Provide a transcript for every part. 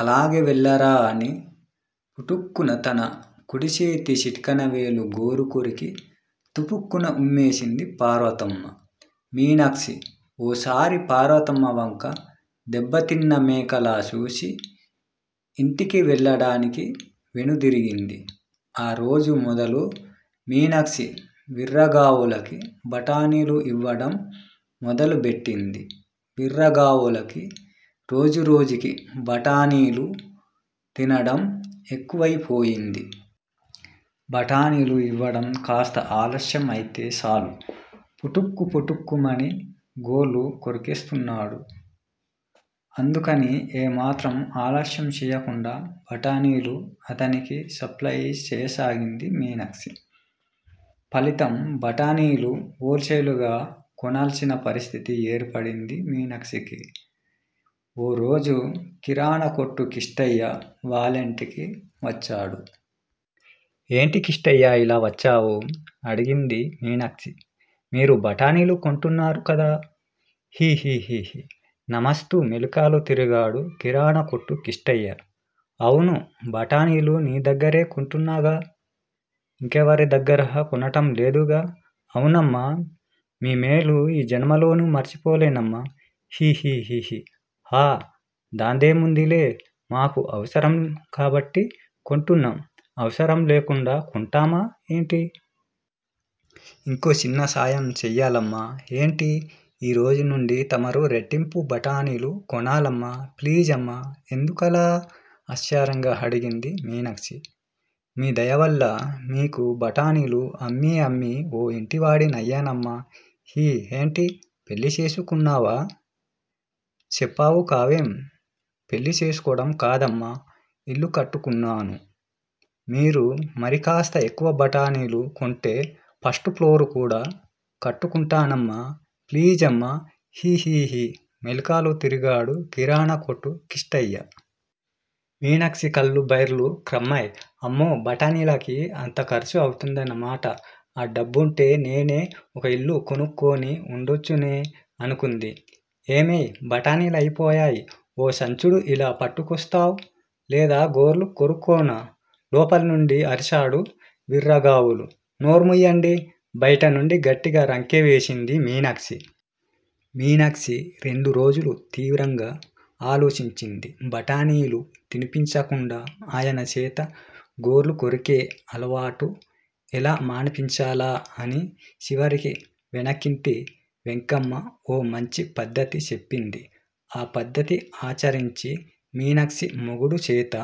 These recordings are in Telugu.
అలాగే వెళ్లిరా అని పుటుక్కున తన కుడిచేతి చిటికెనవేలు గోరు కొరికి తుపుక్కున ఉమ్మూసింది పార్వతమ్మ. మీనాక్షి ఓసారి పార్వతమ్మ వంక దెబ్బతిన్న మేకలా చూసి ఇంటికి వెళ్లడానికి వెనుతిరిగింది. ఆరోజు మొదలు మీనాక్షి వీర్రాఘవులుకి బఠాణీలు ఇవ్వడం మొదలు బెట్టింది. వీర్రాఘవులుకి రోజు రోజుకీ బఠాణీలు తినడం ఎక్కువైపోయింది. బఠాణీలు ఇవ్వడం కాస్త ఆలస్యం అయితే చాలు పుటుక్ పుటుక్ మని గోళ్లు కొరికేస్తున్నాడు. అందుకని ఏ మాత్రం ఆలస్యం చెయ్యకుండా బఠాణీలు అతనికి సప్లయి చేయసాగింది మీనాక్షి. ఫలితం బఠాణీలు హోల్ సేల్ గా కొనాల్సిన పరిస్థితి ఏర్పడింది మీనాక్షికి. ఓరోజు కిరాణా కొట్టు కిష్టయ్య వాళ్లింటికి వచ్చాడు. ఏంటి కిష్టయ్యా ఇలా వచ్చావ్? అడిగింది మీనాక్షి. మీరు బఠాణీలు కొంటున్నారుకదా హి హిహి నామస్తూ మెలికలు తిరిగాడు కిరాణా కొట్టు కిష్టయ్య. అవునూ బఠాణీలు నీ దగ్గరే కొంటున్నాగా ఇంకెవరిదగ్గరా కొనడంలేదుగా అవునమ్మా మీ మేలు ఈ జన్మలో మర్చిపోలేనమ్మా హి హిహి ఆ దాందేముందిలే మాకు అవసరం కాబట్టి కొంటున్నాం అవసరం లేకుండా కొంటామా ఏంటీ? ఇంకో చిన్న సాయం చెయ్యాలమ్మా ఏంటి? ఈ రోజు నుండి తమరు రెట్టింపు బఠాణీలు కొనాలమ్మా ప్లీజమ్మా ఎందుకలా? ఆశ్చర్యంగా అడిగింది మీనాక్షి. మీ దయవల్ల మీకు బఠాణీలు అమ్మీ అమ్మీ ఓ ఇంటివాడినయ్యానమ్మా హి ఏంటీ? పెళ్లి చేసుకున్నావా? చెప్పేవుకావేం? పెళ్లి చేస్కోడం కాదమ్మా ఇల్లు కట్టుకున్నాను మీరు మరికాస్త ఎక్కువ బఠాణీలు కొంటే ఫస్టుప్లోరు కూడా కట్టుకుంటానమ్మా ప్లీజమ్మా హి హిహి మెలికలు తిరిగాడు కిరాణా కొట్టు కిష్టయ్య. మీనాక్షి కళ్లు బైర్లు క్రమ్మాయ్ అమ్మో బఠాణీలకి అంత ఖర్చు అవుతుందన్నమాట! ఆ డబ్బుంటే నేనే ఒక ఇల్లు కొనుక్కుని ఉండొచ్చునే!! అనుకుంది. ఏమేవ్ బఠాణీలయిపోయాయ్ ఓ సంచుడు ఇలా పట్టుకొస్తావ్? లేదా గోళ్లు కొరుక్కోనా? లోపల్నుండి అరిచాడు వీర్రాఘవులు. నోర్ముయ్యండి బయటినుండి గట్టిగా రంకె వేసింది మీనాక్షి. మీనాక్షి రెండురోజులు తీవ్రంగా ఆలోచించింది బఠాణీలు తినిపించకుండా ఆయనచేత గోళ్లు కొరికే అలవాటు ఎలా మాన్పించాలా -అని! చివరికి వెనకింటి వెంకమ్మ ఓ మాంఛి పద్దతి చెప్పింది. ఆ పద్దతి ఆచరించి మీనాక్షి మొగుడిచేత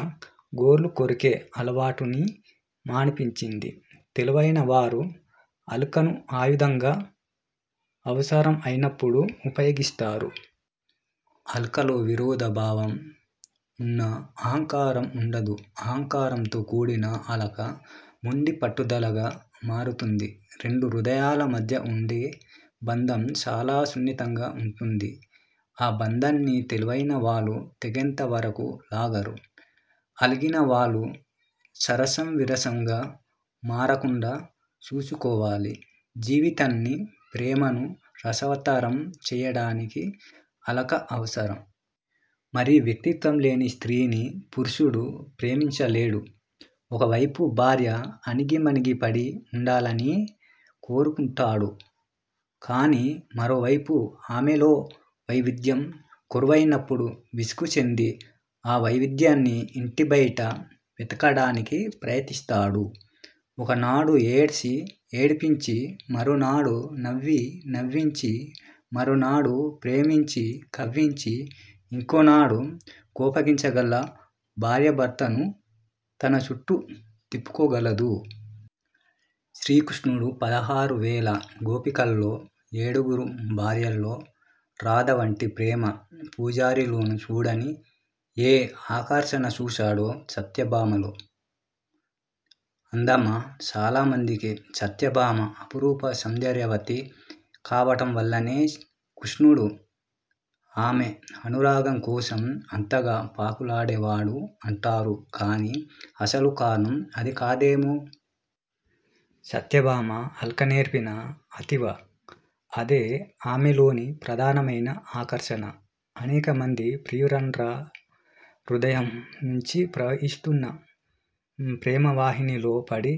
గోళ్లు కొరికే అలవాటుని మాన్పించింది. తెలివైన వారు అలకను ఆయుధంగా అవసరం అయినప్పుడు ఉపయోగిస్తారు. అలకలో విరోధ భావం ఉన్నా, అహంకారం ఉండదు. అహంకారంతో కూడిన అలక మొండి పట్టుదలగా మారుతుంది. రెండు హృదయాల మధ్య ఉండే బంధం చాలా సున్నితంగా ఉంటుంది. ఆ బంధాన్ని తెలివైన వాళ్లు తెగేంతవరకూ లాగరు. అలిగిన వాళ్లు సరసం విరసంగా మారకుండా చూసుకోవాలి. జీవితాన్ని, ప్రేమానూ రసవత్తరం చెయ్యడానికి అలక అవసరం. మరీ వ్యక్తిత్వం లేని స్త్రీని పురుషుడు ప్రేమించలేడు. ఒకవైపు భార్య అణిగిమణిగి పడి ఉండాలనే కోరుకుంటాడు. కాని, మరోవైపు ఆమెలో వైవిధ్యం కొరవైనప్పుడు విసుగు చెంది, ఆ వైవిధ్యాన్ని ఇంటి బయట వెతుక్కోవడానికి ప్రయత్నిస్తాడు. ఒకనాడు ఏడ్చీ, ఏడిపించి, మరునాడు నవ్వి, నవ్వించి, మరోనాడు ప్రేమించి, కవ్వించి, ఇంకోనాడు కోపగించగల భార్య భర్తను తనచుట్టూ తిప్పుకోగలదు. శ్రీ కృష్ణుడు పదహారువేల గోపికల్లో, ఏడుగురు భార్యల్లో, రాధ వంటి ప్రేమ పూజారిలో చూడని ఏ ఆకర్షణ చూశాడో సత్యభామలో? అందమా? చాలా మందికి సత్యభామ అపురూప సౌందర్యవతి కావడంవల్లనే కృష్ణుడు ఆమె అనురాగంకోసం అంతగా పాకులాడేవాడు అంటారు కాని, అసలు కారణం అది కాదేమో? సత్యభామ అలకనేర్చిన అతివ. అదే ఆమెలోని ప్రధానమైన ఆకర్షణ. అనేకమంది ప్రియురాండ్ర హృదయం నుంచి ప్రవహిస్తున్న ప్రేమవాహినిలో పడి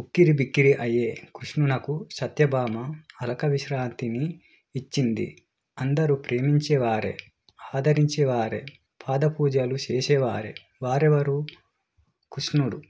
ఉక్కిరిబిక్కిరి అయే కృష్ణునకు సత్యభామ అలక విశ్రాంతిని ఇచ్చింది అందరూ ప్రేమించేవారే, ఆరాధించేవారే. పాదపూజలు చేసేవారే. వారెవరూ కృష్ణుడు